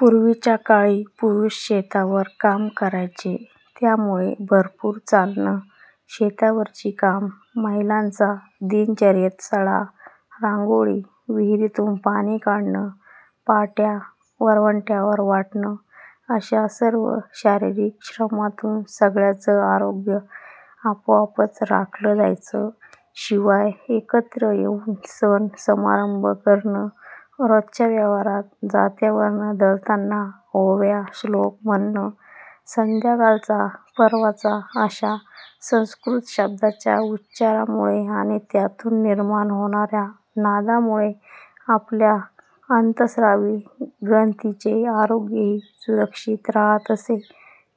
पूर्वीच्या काळी पुरुष शेतावर काम करायचे त्यामुळे भरपूर चालणं, शेतावरची कामं, महिलांचा दिनचर्येत सडा, रांगोळी, विहिरीतून पाणी काढणं, पा ट्या – वरवंट्यावर वाटणं अशा सर्व शारीरिक श्रमांतून सगळ्यांच आरोग्य आपोआपच राखलं जायचं. शिवाय एकत्र येऊन सण समारंभ करणं, रोजच्या व्यवहारात जात्यावर दळताना ओव्या, श्लोक म्हणणं संध्याकाळचा पर्वचा अशा संस्कृत शब्दांच्या उच्चारामुळे आणि त्यातून निर्माण होणाऱ्या नादामुळे आपल्या अंत: स्रावी ग्रंथीं चे आरोग्यही सुस्थितीत राहात असे,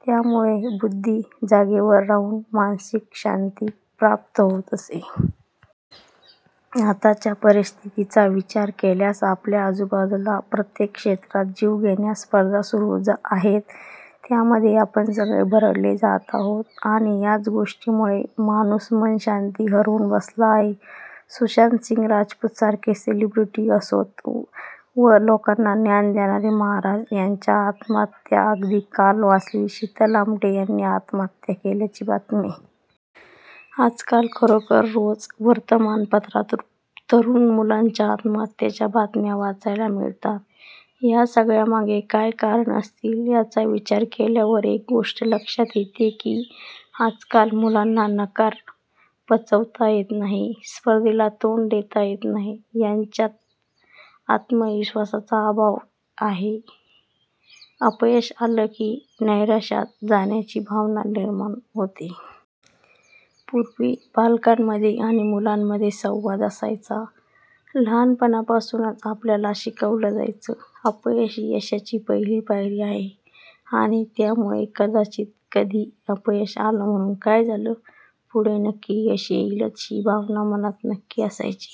त्यामुळे बुद्धी जागेवर राहून मानसिक शांती प्राप्त होत असे. आत्ताच्या परिस्थितीचा विचार केल्यास आपल्या आजूबाजूला प्रत्येक क्षेत्रात जीवघेण्या स्पर्धा सुरू आहेत त्यामध्ये आपण सगळे भरडले जात आहोत आणि याच गोष्टींमुळे माणूस मनःशांती हरवून बसला आहे. सुशांत सिंग राजपूत सारखे सेलिब्रिटी असोत व लोकांना ज्ञान देणारे महाराज यांच्या आत्महत्या अगदी काल वाचलेली शीतल आमटे यांनी आत्महत्या केल्याची बातमी. आजकाल खरोखर रोज वर्तमानपत्रांत तरुण मुलांच्या आत्महत्येच्या बातम्या वाचायला मिळतात. या सगळ्यामागे काय कारणं असतील याचा विचार केल्यावर एक गोष्ट लक्षात येते की आजकाल मुलांना नकार पचवता येत नाही, स्पर्धेला तोंड देता येत नाही, त्यांच्यात आत्मविश्वासाचा अभाव आहे, अपयश आलं की नैराश्यात जाण्याची भावना निर्माण होते. पूर्वी पालकांमध्ये आणि मुलांमध्ये संवाद असायचा, लहानपणापासूनच आपल्याला शिकवलं जायचं – अपयश ही यशाची पहिली पायरी आहे आणि त्यामुळेच कदाचित कधी अपयश आलं म्हणून काय झालं, पुढे नक्की यश येईल ही भावना मनात नक्की असायची.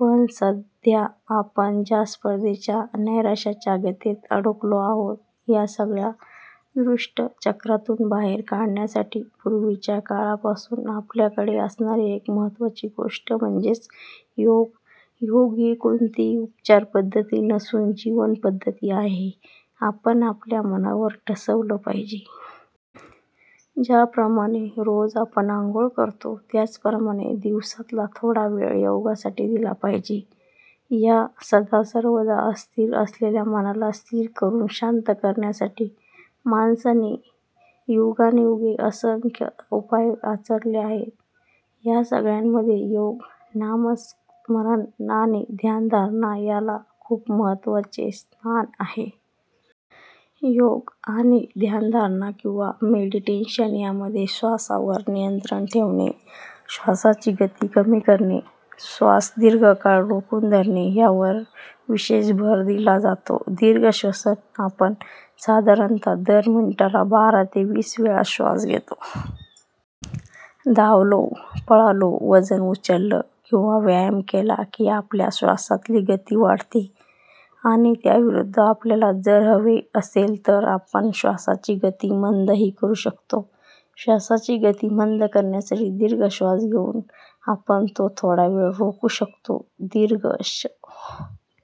पण सध्या आपण ज्या स्पर्धेच्या, नैराश्याच्या गर्तेत अडकलो आहोत, या सगळ्या दुष्टचक्रातून बाहेर काढण्यासाठी पूर्वीच्या काळापासून आपल्याकडे असणारी एक महत्त्वाची गोष्ट म्हणजे योग. योग ही कोणतीही उपचार पध्दती नसून जीवनपद्धती आहे हे आपण आपल्या मनावर ठसवल पाहिजे. ज्याप्रमाणे रोज आपण अंघोळ करतो त्याप्रमाणे दिवसातला थोडा वेळ योगासाठी दिला पाहिजे. या सदासर्वदा अस्थिर असलेल्या मनाला स्थिर करून शांत करण्यासाठी माणसांनी युगानयुगे असंख्य उपाय आचरले आहेत या सगळ्यामध्ये योग, नामस्मरण आणि ध्यानधारणा याला खूप महत्त्वाचे स्थान आहे. योग आणि ध्यानधारणा किंवा मेडिटेशन यामध्ये श्वासावर नियंत्रण ठेवणे श्वासाची गती कमी करणे, श्वास दीर्घकाळ रोखून धरणे यावर विशेष भर दिला जातो. दीर्घ श्वसन – आपण साधारणतः दर मिनिटाला बारा ते वीस वेळा श्वास घेतो. धावलो, पळालो, वजन उचललं किंवा व्यायाम केला की आपल्या श्वासाची गती वाढते. आणि त्याविरुद्ध आपल्याला जर हवे असेल तर आपण श्वासाची गती मंदही करु शकतो. श्वासाची गती मंद करण्यासाठी दीर्घ श्वास घेऊन आपण तो थोडावेळ रोखू शकतो. दीर्घ श्